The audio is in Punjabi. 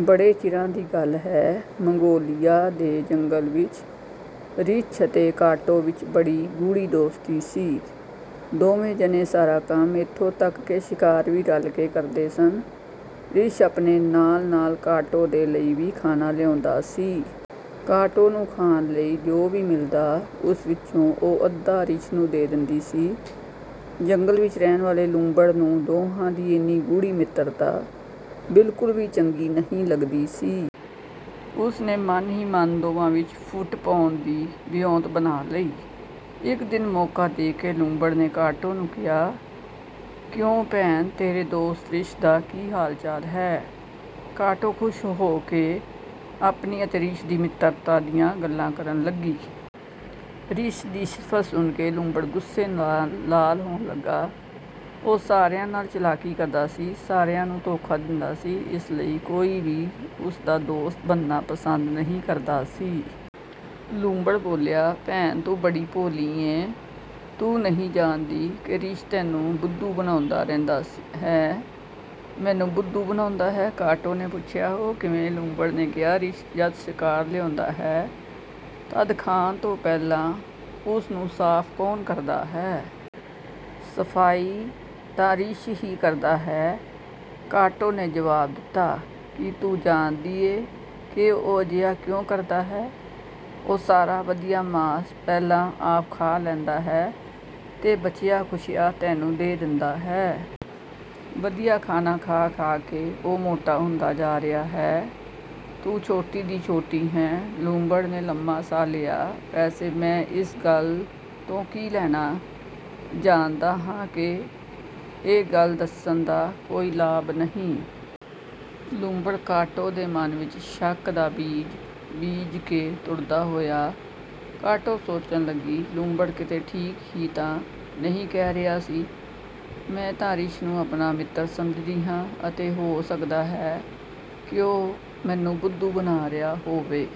ਬੜੇ ਚਿਰਾਂ ਦੀ ਗੱਲ ਹੈ। ਮੰਗੋਲੀਆ ਦੇ ਜੰਗਲ ਵਿੱਚ ਰਿੱਛ ਅਤੇ ਕਾਟੋ ਵਿੱਚ ਬੜੀ ਗੂੜ੍ਹੀ ਦੋਸਤੀ ਸੀ। ਦੋਵੇਂ ਜਣੇ ਸਾਰਾ ਕੰਮ, ਇੱਥੋਂ ਤਕ ਕਿ ਸ਼ਿਕਾਰ ਵੀ ਰਲ ਕੇ ਕਰਦੇ ਸਨ। ਰਿੱਛ ਆਪਣੇ ਨਾਲ-ਨਾਲ ਕਾਟੋ ਦੇ ਲਈ ਵੀ ਖਾਣਾ ਲਿਆਉਂਦਾ ਸੀ। ਕਾਟੋ ਨੂੰ ਖਾਣ ਲਈ ਜੋ ਵੀ ਮਿਲਦਾ, ਉਸ ਵਿੱਚੋਂ ਉਹ ਅੱਧਾ ਰਿੱਛ ਨੂੰ ਦੇ ਦਿੰਦੀ ਸੀ। ਜੰਗਲ ਵਿੱਚ ਰਹਿਣ ਵਾਲੇ ਲੂੰਬੜ ਨੂੰ ਦੋਵਾਂ ਦੀ ਐਨੀ ਗੂੜ੍ਹੀ ਮਿੱਤਰਤਾ ਬਿਲਕੁਲ ਵੀ ਚੰਗੀ ਨਹੀਂ ਲੱਗਦੀ ਸੀ। ਉਸ ਨੇ ਮਨ ਹੀ ਮਨ ਦੋਵਾਂ ਵਿੱਚ ਫੁੱਟ ਪਾਉਣ ਦੀ ਵਿਉਂਤ ਬਣਾ ਲਈ। ਇੱਕ ਦਿਨ ਮੌਕਾ ਦੇਖ ਕੇ ਲੂੰਬੜ ਨੇ ਕਾਟੋ ਨੂੰ ਕਿਹਾ, "ਕਿਉਂ ਭੈਣ, ਤੇਰੇ ਦੋਸਤ ਰਿੱਛ ਦਾ ਕੀ ਹਾਲ-ਚਾਲ ਹੈ? " ਕਾਟੋ ਖ਼ੁਸ਼ ਹੋ ਕੇ ਆਪਣੀ ਅਤੇ ਰਿੱਛ ਦੀ ਮਿੱਤਰਤਾ ਦੀਆਂ ਗੱਲਾਂ ਕਰਨ ਲੱਗੀ। ਰਿੱਛ ਦੀ ਸਿਫ਼ਤ ਸੁਣ ਕੇ ਲੂੰਬੜ ਗੁੱਸੇ ਨਾਲ ਲਾਲ ਹੋਣ ਲੱਗਾ। ਉਹ ਸਾਰਿਆਂ ਨਾਲ ਚਲਾਕੀ ਕਰਦਾ ਸੀ। ਸਾਰਿਆਂ ਨੂੰ ਧੋਖਾ ਦਿੰਦਾ ਸੀ। ਇਸ ਲਈ ਕੋਈ ਵੀ ਉਸ ਦਾ ਦੋਸਤ ਬਣਨਾ ਪਸੰਦ ਨਹੀਂ ਕਰਦਾ ਸੀ। ਲੂੰਬੜ ਬੋਲਿਆ,"ਭੈਣ ਤੂੰ ਬੜੀ ਭੋਲੀ ਏਂ। ਤੂੰ ਨਹੀਂ ਜਾਣਦੀ ਕਿ ਰਿੱਛ ਤੈਨੂੰ ਬੁੱਧੂ ਬਣਾਉਂਦਾ ਰਹਿੰਦਾ ਹੈ? " "ਮੈਨੂੰ ਬੁੱਧੂ ਬਣਾਉਂਦਾ ਹੈ… " ਕਾਟੋ ਨੇ ਪੁੱਛਿਆ, "ਉਹ ਕਿਵੇਂ? " ਲੂੰਬੜ ਨੇ ਕਿਹਾ,"ਰਿੱਛ ਜਦ ਸ਼ਿਕਾਰ ਲਿਆਉਂਦਾ ਹੈ ਤਦ ਖਾਣ ਤੋਂ ਪਹਿਲਾਂ ਉਸ ਨੂੰ ਸਾਫ਼ ਕੌਣ ਕਰਦਾ ਹੈ? " "ਸਫ਼ਾਈ ਤਾਂ ਰਿੱਛ ਹੀ ਕਰਦਾ ਹੈ," ਕਾਟੋ ਨੇ ਜਵਾਬ ਦਿੱਤਾ। "ਕੀ ਤੂੰ ਜਾਣਦੀ ਏਂ ਕਿ ਉਹ ਅਜਿਹਾ ਕਿਉਂ ਕਰਦਾ ਹੈ? ਉਹ ਸਾਰਾ ਵਧੀਆ ਮਾਸ ਪਹਿਲਾਂ ਆਪ ਖਾ ਲੈਂਦਾ ਹੈ, ਬਚਿਆ-ਖੁਚਿਆ ਤੈਨੂੰ ਦੇ ਦਿੰਦਾ ਹੈ। ਵਧੀਆ ਖਾਣਾ ਖਾ-ਖਾ ਕੇ ਉਹ ਮੋਟਾ ਹੁੰਦਾ ਜਾ ਰਿਹਾ ਹੈ, ਤੂੰ ਛੋਟੀ ਦੀ ਛੋਟੀ ਹੈਂ। " ਲੂੰਬੜ ਨੇ ਲੰਮਾ ਸਾਹ ਲਿਆ, "ਵੈਸੇ ਮੈਂ ਇਸ ਗੱਲ ਤੋਂ ਕੀ ਲੈਣਾ! ਜਾਣਦਾ ਹਾਂ ਕਿ ਇਹ ਗੱਲ ਦੱਸਣ ਦਾ ਕੋਈ ਲਾਭ ਨਹੀਂ…। " ਲੂੰਬੜ ਕਾਟੋ ਦੇ ਮਨ ਵਿੱਚ ਸ਼ੱਕ ਦਾ ਬੀਜ, ਬੀਜ ਕੇ ਤੁਰਦਾ ਹੋਇਆ। ਕਾਟੋ ਸੋਚਣ ਲੱਗੀ, "ਲੂੰਬੜ ਕਿਤੇ ਠੀਕ ਹੀ ਤਾਂ ਨਹੀਂ ਕਹਿ ਰਿਹਾ ਸੀ। ਮੈਂ ਤਾਂ ਰਿੱਛ ਨੂੰ ਆਪਣਾ ਮਿੱਤਰ ਸਮਝਦੀ ਹਾਂ ਅਤੇ ਹੋ ਸਕਦਾ ਹੈ ਕਿ ਉਹ ਮੈਨੂੰ ਬੁੱਧੂ ਬਣਾ ਰਿਹਾ ਹੋਵੇ।